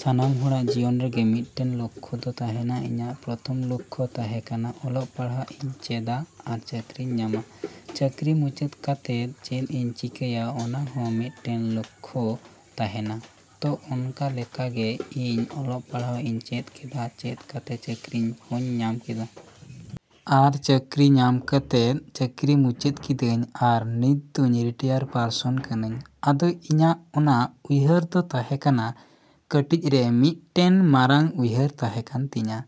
‎ᱥᱟᱱᱟᱢ ᱦᱚᱲᱟᱜ ᱡᱤᱭᱚᱱ ᱨᱮᱜᱮ ᱢᱤᱫᱴᱮᱱ ᱞᱚᱠᱠᱷᱚ ᱫᱚ ᱛᱟᱸᱦᱮᱱᱟ᱾ ᱤᱧᱟᱹᱜ ᱯᱨᱚᱛᱷᱚᱢ ᱞᱚᱠᱠᱷᱚ ᱛᱟᱸᱦᱮ ᱠᱟᱱᱟ ᱚᱞᱚᱜ ᱯᱟᱲᱦᱟᱜ ᱤᱧ ᱪᱮᱫᱟ, ᱟᱨ ᱪᱟᱹᱠᱨᱤᱧ ᱧᱟᱢᱟ? ᱪᱟᱹᱠᱨᱤ ᱢᱩᱪᱟᱹᱫ ᱠᱟᱛᱮᱫ ᱪᱮᱫ ᱤᱧ ᱪᱤᱠᱟᱹᱭᱟ ᱚᱱᱟ ᱦᱚᱸ ᱢᱤᱫᱴᱮᱱ ᱞᱚᱠᱠᱷᱚ ᱛᱟᱸᱦᱮᱱᱟ᱾ ᱛᱚ ᱚᱱᱠᱟ ᱞᱮᱠᱟᱜᱮ ᱤᱧ ᱚᱞᱚᱜ ᱯᱟᱲᱦᱟᱜ ᱤᱧ ᱪᱮᱫ ᱠᱮᱫᱟ, ᱪᱮᱫ ᱠᱟᱛᱮ ᱪᱟᱹᱠᱨᱤ ᱦᱚᱧ ᱧᱟᱢ ᱠᱮᱫᱟ᱾ ᱟᱨ ᱪᱟᱹᱠᱨᱤ ᱧᱟᱢ ᱠᱟᱛᱮᱫ ᱪᱟᱹᱠᱨᱤ ᱢᱩᱪᱟᱹᱫ ᱠᱤᱫᱟᱹᱧ ᱟᱨ ᱱᱤᱛ ᱫᱚᱧ ᱨᱤᱴᱟᱭᱟᱨ ᱯᱟᱨᱥᱚᱱ ᱠᱟᱹᱱᱟᱹᱧ᱾ ᱟᱫᱚ ᱤᱧᱟᱹᱜ ᱚᱱᱟ ᱩᱭᱦᱟᱹᱨ ᱫᱚ ᱛᱟᱸᱦᱮ ᱠᱟᱱᱟ ᱠᱟᱹᱴᱤᱡ ᱨᱮ ᱢᱤᱫᱴᱮᱱ ᱢᱟᱨᱟᱝ ᱩᱭᱦᱟᱹᱨ ᱛᱟᱸᱦᱮ ᱠᱟᱱ ᱛᱤᱧᱟᱹ᱾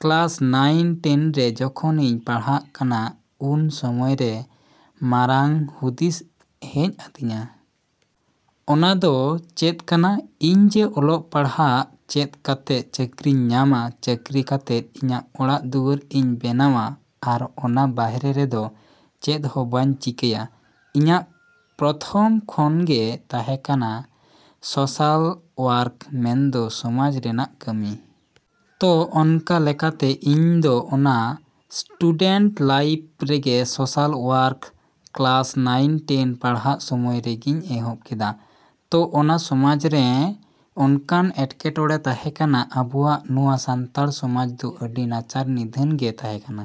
ᱠᱞᱟᱥ ᱱᱟᱭᱤᱱ ᱴᱮᱱ ᱨᱮ ᱡᱚᱠᱷᱚᱱᱤᱧ ᱯᱟᱲᱦᱟᱜ ᱠᱟᱱᱟ ᱩᱱ ᱥᱚᱢᱚᱭᱨᱮ ᱢᱟᱨᱟᱝ ᱦᱩᱫᱤᱥ ᱦᱮᱡ ᱟᱹᱫᱤᱧᱟ᱾ ᱚᱱᱟ ᱫᱚ ᱪᱮᱫ ᱠᱟᱱᱟ ᱤᱧ ᱡᱮ ᱚᱞᱚᱜ ᱯᱟᱲᱦᱟᱜ ᱪᱮᱫ ᱠᱟᱛᱮᱜ ᱪᱟᱹᱠᱨᱤᱧ ᱧᱟᱢᱟ, ᱪᱟᱹᱠᱨᱤ ᱠᱟᱛᱮᱜ ᱤᱧᱟᱹᱜ ᱚᱲᱟᱜ ᱫᱩᱣᱟᱹᱨ ᱤᱧ ᱵᱮᱱᱟᱣᱟ᱾ ᱟᱨ ᱚᱱᱟ ᱵᱟᱦᱨᱮ ᱨᱮᱫᱚ ᱪᱮᱫ ᱦᱚᱸ ᱵᱟᱹᱧ ᱪᱤᱠᱟᱭᱟ᱾ ᱤᱧᱟᱹᱜ ᱯᱨᱚᱛᱷᱚᱢ ᱠᱷᱚᱱ ᱜᱮ ᱛᱟᱸᱦᱮ ᱠᱟᱱᱟ ᱥᱚᱥᱟᱞ ᱣᱚᱨᱠ ᱢᱮᱱᱫᱚ ᱥᱚᱢᱟᱡ ᱨᱮᱱᱟᱜ ᱠᱟᱹᱢᱤ᱾ ᱛᱚ ᱚᱱᱠᱟ ᱞᱮᱠᱟᱛᱮ ᱤᱧ ᱫᱚ ᱚᱱᱟ ᱥᱴᱩᱰᱮᱱᱴ ᱞᱟᱭᱤᱯᱷ ᱨᱮᱜᱮ social work class nine ten ᱯᱟᱲᱦᱟᱜ ᱥᱚᱢᱚᱭ ᱨᱮᱜᱤᱧ ᱮᱦᱚᱵ ᱠᱮᱫᱟ᱾ ᱛᱚ ᱚᱱᱟ ᱥᱚᱢᱟᱡᱽ ᱨᱮ ᱚᱱᱠᱟᱱ ᱮᱴᱠᱮ ᱴᱚᱬᱮ ᱛᱟᱸᱦᱮ ᱠᱟᱱᱟ᱾ ᱟᱵᱚᱣᱟᱜ ᱱᱚᱣᱟ ᱥᱟᱱᱛᱟᱲ ᱥᱚᱢᱟᱡᱽ ᱫᱚ ᱟᱹᱰᱤ ᱱᱟᱪᱟᱨ ᱱᱤᱫᱷᱟᱹᱱ ᱜᱮ ᱛᱟᱸᱦᱮ ᱠᱟᱱᱟ᱾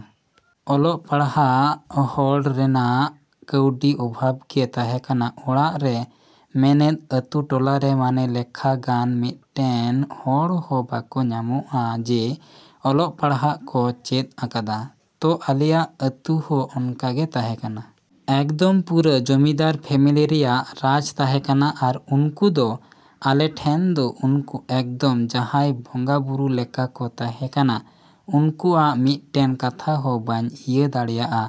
ᱚᱞᱚᱜ ᱯᱟᱲᱦᱟᱜ ᱦᱚᱨ ᱨᱮᱱᱟᱜ ᱠᱟᱹᱣᱰᱤ ᱚᱵᱷᱟᱵᱽ ᱜᱮ ᱛᱟᱸᱦᱮ ᱠᱟᱱᱟ᱾ ᱚᱲᱟᱜ ᱨᱮ ᱢᱮᱱᱮᱫ ᱟᱹᱛᱩ ᱴᱚᱞᱟᱨᱮ ᱢᱟᱱᱮ ᱞᱮᱠᱷᱟ ᱜᱟᱱ ᱢᱤᱫᱴᱮᱱ ᱦᱚᱲ ᱦᱚᱸ ᱵᱟᱠᱚ ᱧᱟᱢᱚᱜᱼᱟ ᱡᱮ ᱚᱞᱚᱜ ᱯᱟᱲᱦᱟᱜ ᱠᱚ ᱪᱮᱫ ᱟᱠᱟᱫᱟ᱾ ᱛᱚ ᱟᱞᱮᱭᱟᱜ ᱟᱹᱛᱩ ᱦᱚᱸ ᱚᱱᱠᱟ ᱜᱮ ᱛᱟᱸᱦᱮ ᱠᱟᱱᱟ᱾ ᱮᱠᱫᱚᱢ ᱯᱩᱨᱟᱹ ᱡᱚᱢᱤᱫᱟᱨ ᱯᱷᱮᱢᱮᱞᱤ ᱨᱮᱭᱟᱜ ᱨᱟᱡᱽ ᱛᱟᱸᱦᱮ ᱠᱟᱱᱟ ᱟᱨ ᱩᱱᱠᱩ ᱫᱚ ᱟᱞᱮ ᱴᱷᱮᱱ ᱫᱚ ᱩᱱᱠᱩ ᱮᱠᱫᱚᱢ ᱡᱟᱸᱦᱟᱭ ᱵᱚᱸᱜᱟ ᱵᱩᱨᱩ ᱞᱮᱠᱟ ᱠᱚ ᱛᱟᱸᱦᱮ ᱠᱟᱱᱟ᱾ ᱩᱱᱠᱩ ᱟᱜ ᱢᱤᱫᱴᱮᱱ ᱠᱟᱛᱷᱟ ᱦᱚᱸ ᱵᱟᱢ ᱤᱭᱟᱹ ᱫᱟᱲᱮᱭᱟᱜᱼᱟ᱾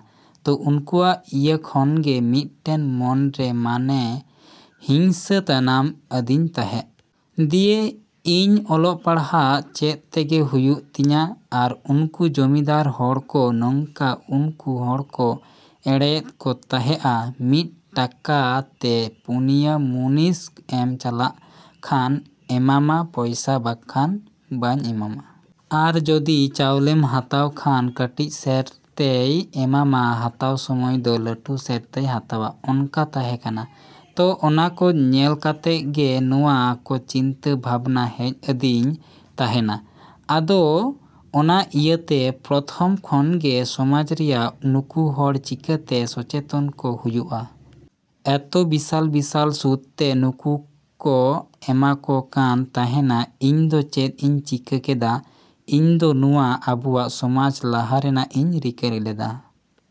ᱛᱚ ᱩᱱᱠᱩᱣᱟᱜ ᱤᱭᱟᱹ ᱠᱷᱚᱱᱜᱮ ᱢᱤᱫᱴᱮᱱ ᱢᱚᱱᱨᱮ ᱢᱟᱱᱮ ᱦᱤᱝᱥᱟ ᱡᱟᱱᱟᱢ ᱟᱫᱤᱧ ᱛᱟᱸᱦᱮᱜ᱾ ᱫᱤᱭᱮ ᱤᱧ ᱚᱞᱚᱜ ᱯᱟᱲᱦᱟᱜ ᱪᱮᱫ ᱛᱮᱜᱮ ᱦᱩᱭᱩᱜ ᱛᱤᱧᱟ ᱟᱨ ᱩᱱᱠᱩ ᱡᱚᱢᱤᱫᱟᱨ ᱦᱚᱲ ᱠᱚ ᱱᱚᱝᱠᱟ ᱩᱱᱠᱩ ᱦᱚᱲ ᱠᱚ ᱮᱲᱮᱭᱮᱫ ᱠᱚ ᱛᱟᱸᱦᱮᱜᱼᱟ᱾ ᱢᱤᱫ ᱴᱟᱠᱟ ᱛᱮ ᱯᱩᱱᱭᱟ ᱢᱩᱱᱤᱥ ᱮᱢ ᱪᱟᱞᱟᱜ ᱠᱷᱟᱱ ᱮᱢᱟᱢᱟ ᱯᱚᱭᱥᱟ ᱵᱟᱠᱷᱟᱱ ᱵᱟᱹᱧ ᱮᱢᱟᱢᱟ᱾ ᱟᱨ ᱡᱚᱫᱤ ᱪᱟᱣᱞᱮᱢ ᱦᱟᱛᱟᱣ ᱠᱷᱟᱱ ᱠᱟᱹᱴᱤᱡ ᱥᱮᱨ ᱛᱮᱭ ᱮᱢᱟᱢᱟ ᱦᱟᱛᱟᱣ ᱥᱚᱢᱚᱭ ᱫᱚ ᱞᱟᱹᱴᱩ ᱥᱮᱨ ᱛᱮᱭ ᱦᱟᱛᱟᱣᱟ ᱚᱱᱠᱟ ᱛᱟᱸᱦᱮ ᱠᱟᱱᱟ᱾ ᱛᱚ ᱚᱱᱟ ᱠᱚ ᱧᱮᱞ ᱠᱟᱛᱮᱜ ᱜᱮ ᱱᱚᱣᱟ ᱠᱚ ᱪᱤᱱᱛᱟᱹ ᱵᱷᱟᱵᱽᱱᱟ ᱦᱮᱡ ᱟᱹᱫᱤᱧ ᱛᱟᱸᱦᱮᱱᱟ᱾ ᱟᱫᱚ ᱚᱱᱟ ᱤᱭᱟᱹᱛᱮ ᱯᱨᱚᱛᱷᱚᱢ ᱠᱷᱚᱱ ᱜᱮ ᱥᱚᱢᱟᱡᱽ ᱨᱮᱭᱟᱜ ᱱᱩᱠᱩ ᱦᱚᱲ ᱪᱤᱠᱟᱹᱛᱮ ᱥᱚᱪᱮᱛᱚᱱ ᱠᱚ ᱦᱩᱭᱩᱜᱼᱟ᱾ ᱮᱛᱚ ᱵᱤᱥᱟᱞ ᱵᱤᱥᱟᱞ ᱥᱩᱫ ᱛᱮ ᱱᱩᱠᱩ ᱠᱚ ᱮᱢᱟ ᱠᱚ ᱠᱟᱱ ᱛᱟᱸᱦᱮᱱᱟ᱾ ᱤᱧ ᱫᱚ ᱪᱮᱫ ᱤᱧ ᱪᱤᱠᱟ. ᱠᱮᱫᱟ? ᱤᱧ ᱫᱚ ᱱᱚᱣᱟ ᱟᱵᱚᱣᱟᱜ ᱥᱚᱢᱟᱡᱽ ᱞᱟᱦᱟ ᱨᱮᱱᱟᱜ ᱤᱧ ᱨᱤᱠᱟ. ᱞᱮᱫᱟ᱾